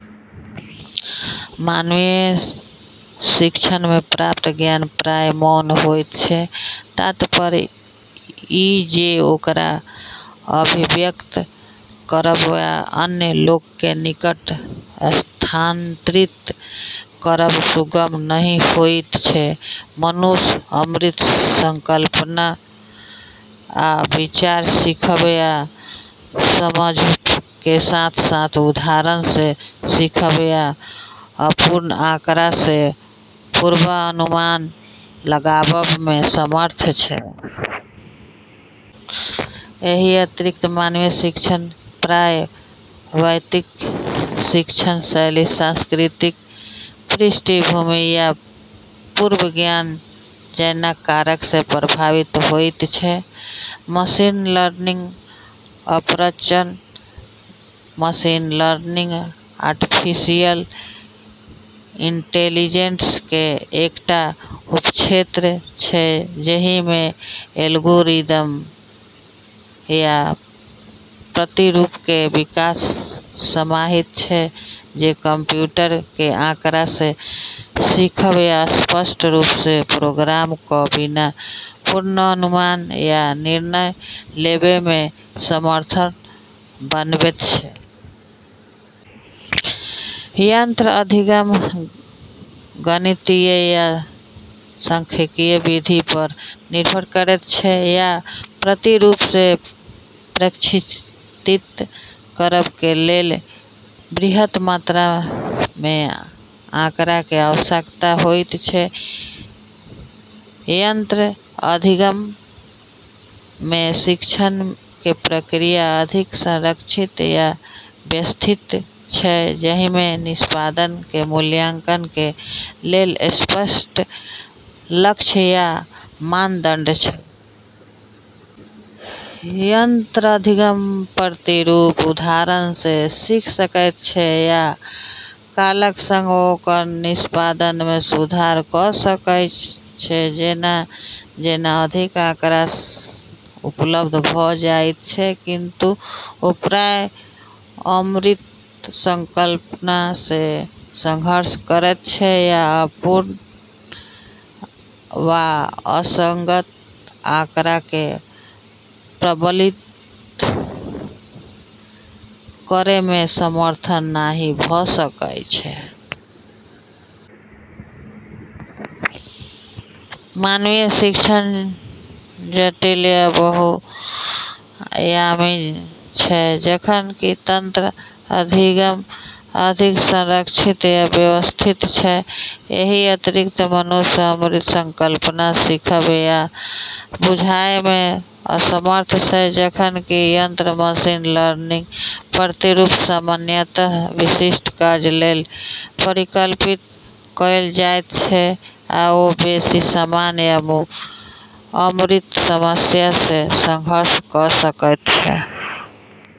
मानवीय शिक्षणमे प्राप्त ज्ञान प्रायः मौन होइत छै, तात्पर्य ई जे ओकरा अभिव्यक्त करब वा अन्य लोक के निकट स्थानांतरित करब सुगम नहि होइत छै। मनुष्य अमूर्त संकल्पना आ विचार सीखब आ समझब के साथ-साथ उदाहरण सँ सीखब आ अपूर्ण आँकड़ा सँ पूर्वानुमान लगाबब में समर्थ छै। एहि अतिरिक्त, मानवीय शिक्षण प्रायः वैयक्तिक शिक्षण शैली, सांस्कृतिक पृष्ठभूमि, आ पूर्व ज्ञान जैना कारक सँ प्रभावित होइत छै। मशीन लर्निंग: अपरंच, मशीन लर्निंग आर्टिफिशियल इंटेलिजेंस के एकटा उपक्षेत्र छै जहि में एल्गोरिथ्म आ प्रतिरूप के विकास समाहित छै जे कंप्यूटर के आँकड़ा सँ सीखब आ स्पष्ट रूप सँ प्रोग्राम क' बिना पूर्वानुमान वा निर्णय लेबयमे समर्थ बनबैत छै। यंत्र अधिगम गणितीय आ सांख्यिकीय विधि पर निर्भर करैत छै आ प्रतिरूप के प्रशिक्षित करब के लेल बृहत मात्रामे आँकड़ाके आवश्यकता होइत छै। यंत्र अधिगम में शिक्षण के प्रक्रिया अधिक संरचित आ व्यवस्थित छै, जाहिमे निष्पादन के मूल्यांकन के लेल स्पष्ट लक्ष्य आ मानदंड छै। यंत्र अधिगम प्रतिरूप उदाहरणसँ सीख सकैत छै आ कालक संग ओकर निष्पादनमे सुधार कऽ सकै छै जेना-जेना अधिक आँकड़ा उपलब्ध भऽ जाइत छै, किंतु ओ प्रायः अमूर्त संकल्पना सँ संघर्ष करैत छै आ अपूर्ण वा असंगत आँकड़ाकेँ प्रबंधित करयमे समर्थ नहि भऽ सकै छै। मानवीय शिक्षण जटिल आ बहुआयामी छै, जखन कि यंत्र अधिगम अधिक संरचित आ व्यवस्थित छै। एहि अतिरिक्त, मनुष्य अमूर्त संकल्पना सीखब आ बुझयमे समर्थ छै, जखन कि यंत्र मशीन लर्निंग प्रतिरूप सामान्यतः विशिष्ट कार्य लेल परिकल्पित कएल जाइत छै आ बेशी सामान्य वा अमूर्त समस्यासँ संघर्ष कऽ सकैत छै।